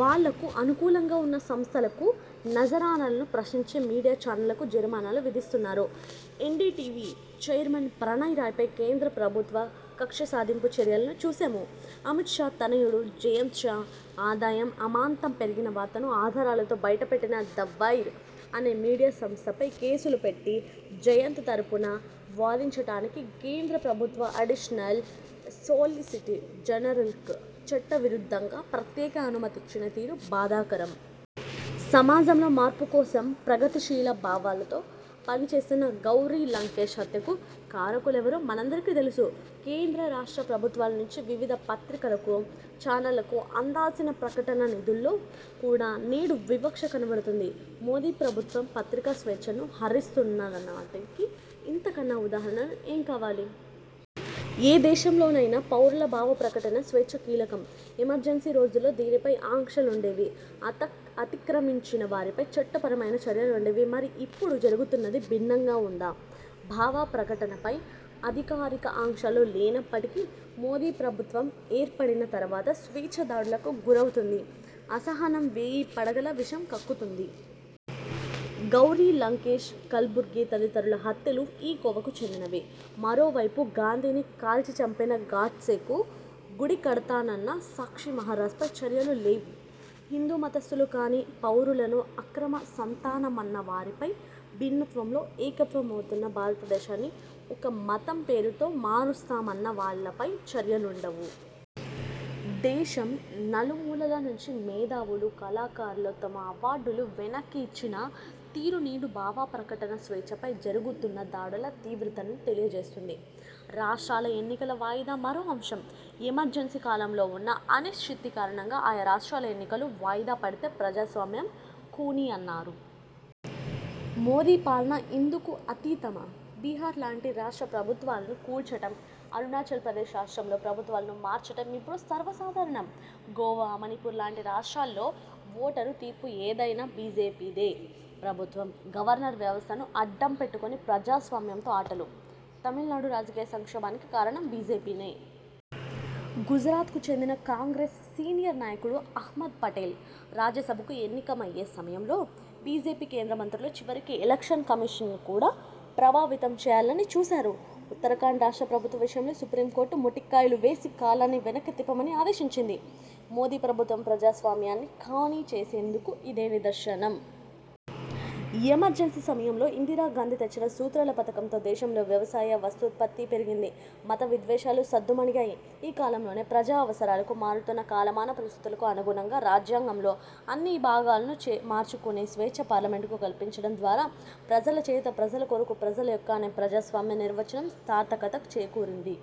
వాళ్లకు అనుకూలంగా ఉన్న సంస్థలకు నజరానాలు, ప్రశ్నించే మీడియా ఛానళ్లకు జరిమానాలు విధిస్తున్నారు. NDTV chairman Pranoy Roy పై కేంద్రప్రభుత్వ కక్షసాధింపు చర్యలను చూశాము. అమిత్ షా తనయుడు, జయంత్ షా ఆదాయం అమాంతం పెరిగిన వార్తను ఆధారాలతో బయటపెట్టిన 'ద వైర్' అనే మీడియా సంస్థపై కేసులు పెట్టి, జయంత్ తరుపున వాదించటానికి కేంద్ర ప్రభుత్వ అడిషనల్ సోలిసిటర్ జనరల్కు చట్ట విరుద్ధంగా ప్రత్యేక అనుమతిచ్చిన తీరు బాధాకరం. సమాజంలో మార్పుకోసం, ప్రగతిశీల భావాలతో పనిచేస్తున్న గౌరి లంకేశ్ హత్యకు కారకులెవరో మనందరికీ తెలుసు. కేంద్ర, రాష్ట్ర ప్రభుత్వాలనుంచి వివిధ పత్రికలకు, చానళ్ళకు అందాల్సిన ప్రకటన నిధుల్లో కూడా నేడు వివక్ష కనబడుతుంది. మోదీ ప్రభుత్వం పత్రికా స్వేచ్ఛను హరిస్తు న్నదనటానికి ఇంతకన్నా ఉదాహరణలు ఏం కావాలి? ఏ దేశంలోనైనా, పౌరుల భావప్రకటన స్వేచ్ఛ కీలకం. ఎమర్జెన్సీ రోజుల్లో దీనిపై ఆంక్షలుండేవి. అతిక్రమించిన వారిపై చట్టపరమైన చర్యలుండేవి. మరి, ఇప్పుడు జరుగుతున్నది భిన్నంగా ఉందా? భావప్రకటనపై అధికారిక ఆంక్షలు లేనప్పటికీ, మోదీ ప్రభుత్వం ఏర్పడిన తరువాత స్వేచ్ఛ దాడులకు గురవుతుంది. 'అసహనం' వేయి పడగల విషం కక్కుతుంది. గౌరి లంకేశ్, కల్బుర్గి తదితరుల హత్యలు ఈ కోవకు చెందినవే. మరోవైపు, గాంధీని కాల్చి చంపిన గాడ్సేకు గుడికడతానన్న సాక్షిమహారాజ్ పై చర్యలు లేవు. హిందూ మతస్థులు కాని పౌరులను అక్రమ సంతానమన్నవారిపై, భిన్నత్వంలో ఏకత్వంవున్న భారతదేశాన్ని ఒక మతం పేరుతో మారుస్తామన్న వాళ్లపై చర్యలుండవు. దేశం నలుమూలల నుంచి మేధావులు, కళాకారులు తమ అవార్డులు వెనక్కి ఇచ్చిన తీరు నేడు భావప్రకటన స్వేచ్ఛపై జరుగుతున్న దాడుల తీవ్రతను తెలియజేస్తుంది. రాష్ట్రాల ఎన్నికల వాయిదా మరో అంశం. ఎమర్జెన్సీ కాలంలోవున్న అనిశ్చితి కారణంగా ఆయా రాష్టాల ఎన్నికలు వాయిదాపడితే ప్రజాస్వామ్యం ఖూనీ అన్నారు. మోదీ పాలన ఇందుకు అతీతమా? బిహార్ లాంటి రాష్ట్ర ప్రభుత్వాలను కూల్చటం, అరుణాచల్ ప్రదేశ్ రాష్ట్రంలో ప్రభుత్వాలను మార్చటం ఇపుడు సర్వసాధారణం. గోవా, మణిపూర్ లాంటి రాష్టాల్లో ఓటరు తీర్పు ఏదైనా బీజేపీదే ప్రభుత్వం. గవర్నర్ వ్యస్థను అడ్డం పెట్టుకుని, ప్రజాస్వామ్యంతో ఆటలు. తమిళనాడు రాజకీయ సంక్షోభానికి కారణం బీజేపీనే. గుజరాత్కు చెందిన కాంగ్రెస్ సీనియర్ నాయకుడు అహమ్మద్ పటేల్ రాజ్యసభకు ఎన్నికయ్యే సమయంలో బీజేపీ కేంద్రమంత్రులు చివరికి ఎలక్షన్ కమిషన్ను కూడా ప్రభావితం చేయాలని చూసారు. ఉత్తరాఖండ్ రాష్ట్ర ప్రభుత్వ విషయంలో సుప్రీంకోర్టు మొట్టికాయలు వేసి, కాలాన్ని వెనక్కి తిప్పమని ఆదేశించింది. మోదీ ప్రభుత్వం ప్రజాస్వామ్యాన్ని ఖూనీ చేసిందనటానికి ఇదే నిదర్శనం. ఎమర్జెన్సీ సమయంలో ఇందిరాగాంధీ తెచ్చిన సూత్రాల పథకంతో దేశంలో వ్యవసాయ, వస్తూత్పత్తి పెరిగింది. మత విద్వేషాలు సద్దుమణిగాయి. ఈ కాలంలోనే, ప్రజావసరాలకు, మారుతున్న కాలమాన పరిస్థితులకు అనుగుణంగా రాజ్యాంగంలో అన్ని భాగాలను మార్చుకునే స్వేచ్ఛ పార్లమెంటుకు కల్పించటం ద్వారా 'ప్రజల చేత, ప్రజల కొరకు, ప్రజల యొక్క' అనే ప్రజాస్వామ్య నిర్వచనం సార్థకత చేకూరింది.